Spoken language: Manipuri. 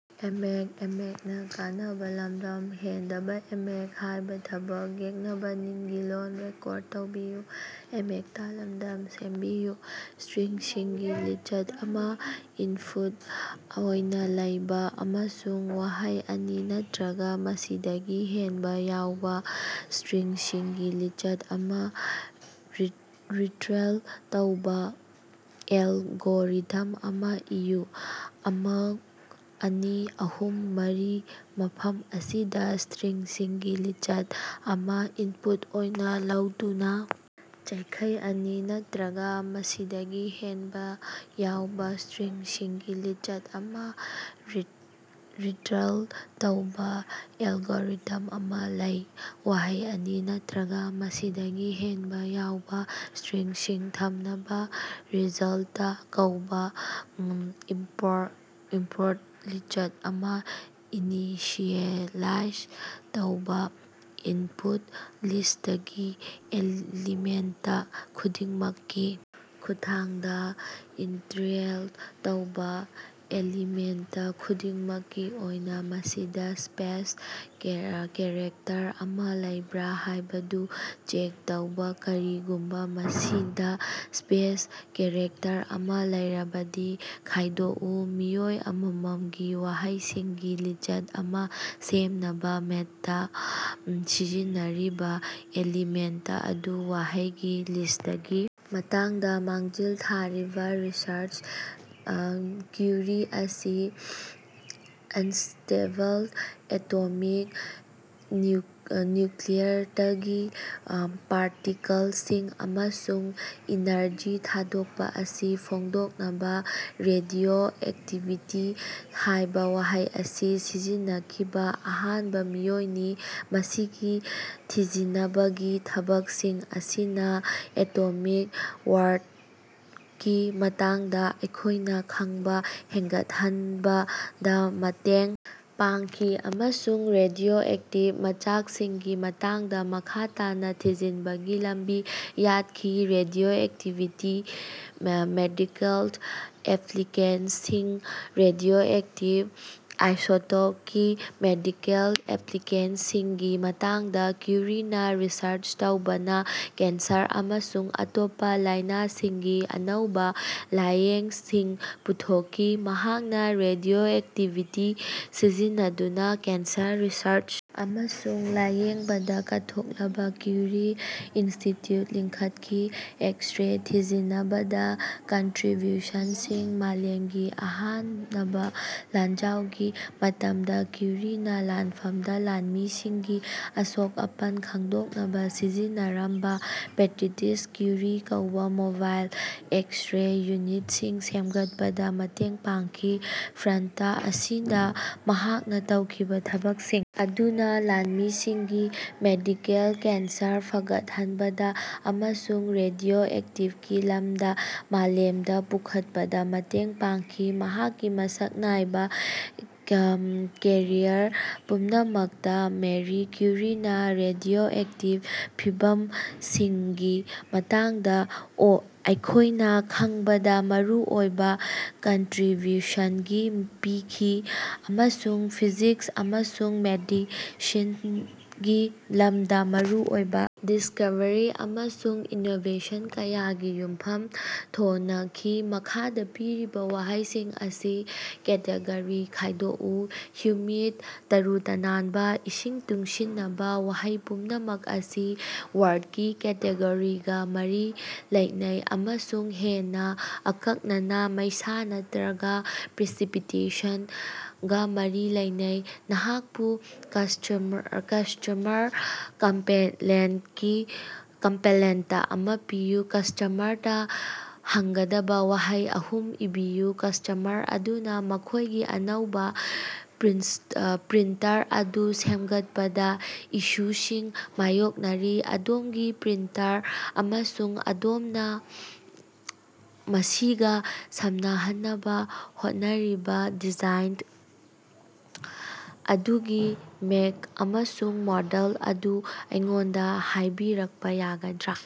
ꯁ꯭ꯇꯔꯤꯡꯁꯤꯡꯒꯤ ꯂꯤꯁꯠ ꯑꯃꯥ ꯏꯟꯄꯨꯠ ꯑꯣꯏꯅ ꯂꯧꯕ ꯑꯃꯁꯨꯡ ꯋꯥꯍꯩ ꯑꯅꯤ ꯅꯠꯇꯔꯒꯥ ꯃꯁꯤꯗꯒꯤ ꯍꯦꯟꯕꯥ ꯌꯥꯎꯕꯥ ꯁ꯭ꯇꯔꯤꯡꯁꯤꯡꯒꯤ ꯂꯤꯁꯠ ꯑꯃ ꯔꯤꯇꯔꯟ ꯇꯧꯕ ꯑꯦꯜꯒꯣꯔꯤꯊꯝ ꯑꯃ ꯏꯌꯨ꯫ "ꯑꯃꯥ", "ꯑꯅꯤ", "ꯑꯍꯨꯝ", "ꯃꯔꯤ" ꯃꯐꯝ ꯑꯁꯤꯗ ꯁ꯭ꯇꯔꯤꯡꯁꯤꯡꯒꯤ ꯂꯤꯁꯠ ꯑꯃ ꯏꯟꯄꯨꯠ ꯑꯣꯏꯅ ꯂꯧꯗꯨꯅ ꯋꯥꯍꯩ ꯑꯅꯤ ꯅꯠꯇꯔꯒ ꯃꯁꯤꯗꯒꯤ ꯍꯦꯟꯕꯥ ꯌꯥꯎꯕ ꯁ꯭ꯇꯔꯤꯡꯁꯤꯡꯒꯤ ꯂꯤꯁꯠ ꯑꯃ ꯔꯤꯇꯔꯟ ꯇꯧꯕ ꯑꯦꯜꯒꯣꯔꯤꯊꯝ ꯑꯃ ꯂꯩ꯫ ꯋꯥꯍꯩ ꯑꯅꯤ ꯅꯠꯇꯔꯒꯥ ꯃꯁꯤꯗꯒꯤ ꯍꯦꯟꯕ ꯌꯥꯎꯕ ꯁ꯭ꯇꯔꯤꯡꯁꯤꯡ ꯊꯝꯅꯕ ꯔꯤꯖꯜꯇ ꯀꯧꯕ ꯏꯝꯄꯣꯔꯠ ꯂꯤꯁꯠ ꯑꯃꯥ ꯏꯅꯤꯁꯤꯑꯦꯂꯥꯏꯖ ꯇꯧꯕꯥ ꯏꯅꯄꯨꯠ ꯂꯤꯁꯇꯀꯤ ꯑꯦꯂꯤꯃꯦꯟꯇ ꯈꯨꯗꯤꯡꯃꯛꯀꯤ ꯈꯨꯠꯊꯥꯡꯗꯥ ꯏꯇꯤꯔꯦꯠ ꯇꯧꯕ ꯑꯦꯂꯤꯃꯦꯟꯇ ꯈꯨꯗꯤꯡꯃꯛꯀꯤ ꯑꯣꯏꯅ, ꯃꯁꯤꯗ ꯁ꯭ꯄꯦꯁ ꯀꯦꯔꯦꯛꯇꯔ ꯑꯃꯥ ꯂꯩꯕ꯭ꯔꯥ ꯍꯥꯏꯕꯗꯨ ꯆꯦꯛ ꯇꯧꯕꯥ ꯀꯔꯤꯒꯨꯝꯕꯥ ꯃꯁꯤꯗꯥ ꯁ꯭ꯄꯦꯁ ꯀꯦꯔꯦꯛꯇꯔ ꯑꯃꯥ ꯂꯩꯔꯕꯗꯤ, ꯈꯥꯏꯗꯣꯛꯎ꯫ ꯃꯤꯑꯣꯏ ꯑꯃꯃꯝꯒꯤ ꯋꯥꯍꯩꯁꯤꯡꯒꯤ ꯂꯤꯁꯠ ꯑꯃ ꯁꯦꯝꯅꯕ ꯃꯦꯊꯗ ꯁꯤꯖꯤꯟꯅꯔꯤꯕꯥ ꯑꯦꯂꯤꯃꯦꯟꯇ ꯑꯗꯨ ꯋꯥꯍꯩꯁꯤꯡꯒꯤ ꯂꯤꯁꯇꯀꯤ ꯃꯇꯥꯡꯗꯥ ꯃꯥꯡꯖꯤꯜ ꯊꯥꯔꯤꯕꯥ ꯔꯤꯁꯔꯆ: ꯀ꯭ꯌꯨꯔꯤ ꯑꯁꯤ ꯑꯟꯁ꯭ꯇꯦꯕꯜ ꯑꯦꯇꯣꯃꯤꯛ ꯅ꯭ꯌꯨꯀꯂꯤꯌꯁꯇꯒꯤ ꯄꯥꯔꯇꯤꯀꯜꯁꯤꯡ ꯑꯃꯁꯨꯡ ꯏꯅꯔꯖꯤ ꯊꯥꯗꯣꯛꯄꯥ ꯑꯁꯤ ꯐꯣꯡꯗꯣꯛꯅꯕꯥ "ꯔꯦꯗꯤꯑꯣꯑꯦꯛꯇꯤꯚꯤꯇꯤ" ꯍꯥꯏꯕꯥ ꯋꯥꯍꯩ ꯑꯁꯤ ꯁꯤꯖꯤꯟꯅꯈꯤꯕꯥ ꯑꯍꯥꯟꯕ ꯃꯤꯑꯣꯏꯅꯤ꯫ ꯃꯁꯤꯒꯤ ꯊꯤꯖꯤꯅꯕꯒꯤ ꯊꯕꯛꯁꯤꯡ ꯑꯁꯤꯅꯥ ꯑꯦꯇꯣꯃꯤꯛ ꯋꯥꯔꯜꯗꯀꯤ ꯃꯇꯥꯡꯗꯥ ꯑꯩꯈꯣꯏꯅ ꯈꯪꯕ ꯍꯦꯟꯒꯠꯍꯟꯕꯗꯥ ꯃꯇꯦꯡ ꯄꯥꯡꯈꯤ ꯑꯃꯁꯨꯡ ꯔꯦꯗꯤꯑꯣꯑꯦꯛꯇꯤꯚ ꯃꯆꯥꯛꯁꯤꯡꯒꯤ ꯃꯇꯥꯡꯗꯥ ꯃꯈꯥ ꯇꯥꯅ ꯊꯤꯖꯤꯟꯕꯒꯤ ꯂꯝꯕꯤ ꯌꯥꯠꯈꯤ꯫ ꯔꯦꯗꯤꯑꯣꯑꯦꯛꯇꯤꯚꯤꯇꯤꯒꯤ ꯃꯦꯗꯤꯀꯦꯜ ꯑꯦꯄꯂꯤꯀꯦꯁꯟꯁꯤꯡ: ꯔꯦꯗꯤꯑꯣꯑꯦꯛꯇꯤꯚ ꯑꯥꯏꯁꯣꯇꯣꯄꯁꯤꯡꯒꯤ ꯃꯦꯗꯤꯀꯦꯜ ꯑꯦꯄꯂꯤꯀꯦꯁꯟꯁꯤꯡꯒꯤ ꯃꯇꯥꯡꯗꯥ ꯀ꯭ꯌꯨꯔꯤꯅꯥ ꯔꯤꯁꯔꯆ ꯇꯧꯕꯅꯥ ꯀꯦꯟꯁꯔ ꯑꯃꯁꯨꯡ ꯑꯇꯣꯞꯄꯥ ꯂꯥꯏꯅꯥꯁꯤꯡꯒꯤ ꯑꯅꯧꯕꯥ ꯂꯥꯌꯦꯡꯁꯤꯡ ꯄꯨꯊꯣꯛꯈꯤ꯫ ꯃꯍꯥꯛꯅꯥ ꯔꯦꯗꯤꯑꯣꯑꯦꯛꯇꯤꯚꯤꯇꯤ ꯁꯤꯖꯤꯟꯅꯗꯨꯅꯥ ꯀꯦꯟꯁꯔ ꯔꯤꯁꯔꯆ ꯑꯃꯁꯨꯡ ꯂꯥꯌꯦꯡꯕꯗꯥ ꯀꯠꯊꯣꯛꯂꯕ ꯀ꯭ꯌꯨꯔꯤ ꯏꯟꯁꯇꯤꯇ꯭ꯌꯨꯠ ꯂꯤꯡꯈꯠꯈꯤ꯫ ꯑꯦꯛꯁ-ꯔꯦ ꯊꯤꯖꯤꯅꯕꯗꯥ ꯀꯟꯇꯔꯤꯕ꯭ꯌꯨꯁꯟꯁꯤꯡ: ꯃꯥꯂꯦꯃꯒꯤ ꯑꯍꯥꯅꯕꯥ ꯂꯥꯟꯖꯥꯎꯒꯤ ꯃꯇꯝꯗ ꯀ꯭ꯌꯨꯔꯤꯅꯥ ꯂꯥꯟꯐꯝꯗꯥ ꯂꯥꯟꯃꯤꯁꯤꯡꯒꯤ ꯑꯁꯣꯛ-ꯑꯄꯟ ꯈꯪꯗꯣꯛꯅꯕꯥ ꯁꯤꯖꯤꯟꯅꯔꯝꯕꯥ "ꯄꯦꯇꯤꯇꯁ ꯀ꯭ꯌꯨꯔꯤꯁ" ꯀꯧꯕꯥ ꯃꯣꯕꯥꯏꯜ ꯑꯦꯛꯁ-ꯔꯦ ꯌꯨꯅꯤꯠꯁꯤꯡ ꯁꯦꯝꯒꯠꯄꯗꯥ ꯃꯇꯦꯡ ꯄꯥꯡꯈꯤ꯫ ꯐ꯭ꯔꯟꯇ ꯑꯁꯤꯗꯥ ꯃꯍꯥꯛꯅꯥ ꯇꯧꯈꯤꯕꯥ ꯊꯕꯛꯁꯤꯡ ꯑꯗꯨꯅꯥ ꯂꯥꯟꯃꯤꯁꯤꯡꯒꯤ ꯃꯦꯗꯤꯀꯦꯜ ꯀꯦꯌꯔ ꯐꯒꯠꯍꯟꯕꯗꯥ ꯑꯃꯁꯨꯡ ꯔꯦꯗꯤꯑꯣꯂꯣꯖꯤꯒꯤ ꯂꯝꯗꯥ ꯃꯥꯡꯂꯣꯝꯗꯥ ꯄꯨꯈꯠꯄꯗꯥ ꯃꯇꯦꯡ ꯄꯥꯡꯈꯤ꯫ ꯃꯍꯥꯛꯀꯤ ꯃꯁꯛ ꯅꯥꯏꯕꯥ ꯀꯦꯔꯤꯌꯔ ꯄꯨꯝꯅꯃꯛꯇꯥ, ꯃꯦꯔꯤ ꯀ꯭ꯌꯨꯔꯤꯅꯥ ꯔꯦꯗꯤꯑꯣꯑꯦꯛꯇꯤꯚ ꯐꯤꯚꯝꯁꯤꯡꯒꯤ ꯃꯇꯥꯡꯗꯥ ꯑꯩꯈꯣꯏꯅ ꯈꯪꯕꯗꯥ ꯃꯔꯨꯑꯣꯏꯕꯥ ꯀꯟꯇꯔꯤꯕ꯭ꯌꯨꯁꯟꯁꯤꯡ ꯄꯤꯈꯤ ꯑꯃꯁꯨꯡ ꯐꯤꯖꯤꯛꯁ ꯑꯃꯁꯨꯡ ꯃꯦꯗꯤꯁꯤꯅꯒꯤ ꯂꯝꯗꯥ ꯃꯔꯨꯑꯣꯏꯕꯥ ꯗꯤꯁꯀꯣꯕꯔꯤ ꯑꯃꯁꯨꯡ ꯏꯅꯣꯕꯦꯁꯟ ꯀꯌꯥꯒꯤ ꯌꯨꯝꯐꯝ ꯊꯣꯅꯈꯤ꯫ ꯃꯈꯥꯗꯥ ꯄꯤꯔꯤꯕꯥ ꯋꯥꯍꯩꯁꯤꯡ ꯑꯁꯤ ꯀꯦꯇꯦꯒꯣꯔꯤ ꯈꯥꯏꯗꯣꯛꯎ: ꯍꯨꯃꯤꯗ, ꯇꯔꯨ-ꯇꯅꯥꯅꯕꯥ, ꯏꯁꯤꯡ ꯇꯨꯡꯁꯤꯅꯕꯥ꯫ ꯋꯥꯍꯩ ꯄꯨꯝꯅꯃꯛ ꯑꯁꯤ ꯋꯦꯗꯔ"ꯒꯤ ꯀꯦꯇꯦꯒꯣꯔꯤꯒꯥ ꯃꯔꯤ ꯂꯩꯅꯩ ꯑꯃꯁꯨꯡ ꯍꯦꯟꯅꯥ ꯑꯀꯛꯅꯅꯥ "ꯃꯩꯁꯥ" ꯅꯠꯇꯔꯒꯥ "ꯄ꯭ꯔꯁꯤꯄꯤꯇꯦꯁꯟ"ꯒꯥ ꯃꯔꯤ ꯂꯩꯅꯩ꯫ ꯅꯍꯥꯛꯄꯨ ꯀꯁ꯭ꯇꯃꯔ ꯀꯝꯄꯂꯦꯟꯇ ꯑꯃꯥ ꯄꯤꯔꯤ꯫ ꯀꯁ꯭ꯇꯃꯔꯗꯥ ꯍꯪꯒꯗꯕꯥ ꯋꯥꯍꯪ ꯑꯍꯨꯝ ꯏꯕꯤꯌꯨ꯫ ꯀꯁ꯭ꯇꯃꯔ ꯑꯗꯨꯅꯥ ꯃꯈꯣꯏꯒꯤ ꯑꯅꯧꯕꯥ ꯄ꯭ꯔꯤꯟꯇꯔ ꯑꯗꯨ ꯁꯦꯝꯒꯠꯄꯗꯥ ꯏꯁꯨꯁꯤꯡ ꯃꯥꯌꯣꯛꯅꯔꯤ꯫ ꯑꯗꯣꯝꯒꯤ ꯄ꯭ꯔꯤꯟꯇꯔ ꯑꯃꯁꯨꯡ ꯑꯗꯣꯝꯅꯥ ꯃꯁꯤꯒꯥ ꯁꯝꯅꯍꯟꯅꯕꯥ ꯍꯣꯠꯅꯔꯤꯕꯥ ꯗꯤꯚꯥꯏꯁ ꯑꯗꯨꯒꯤ ꯃꯦꯛ ꯑꯃꯁꯨꯡ ꯃꯣꯗꯦꯜ ꯑꯗꯨ ꯑꯩꯉꯣꯟꯗꯥ ꯍꯥꯏꯕꯤꯔꯛꯄꯥ ꯌꯥꯒꯗ꯭ꯔꯥ?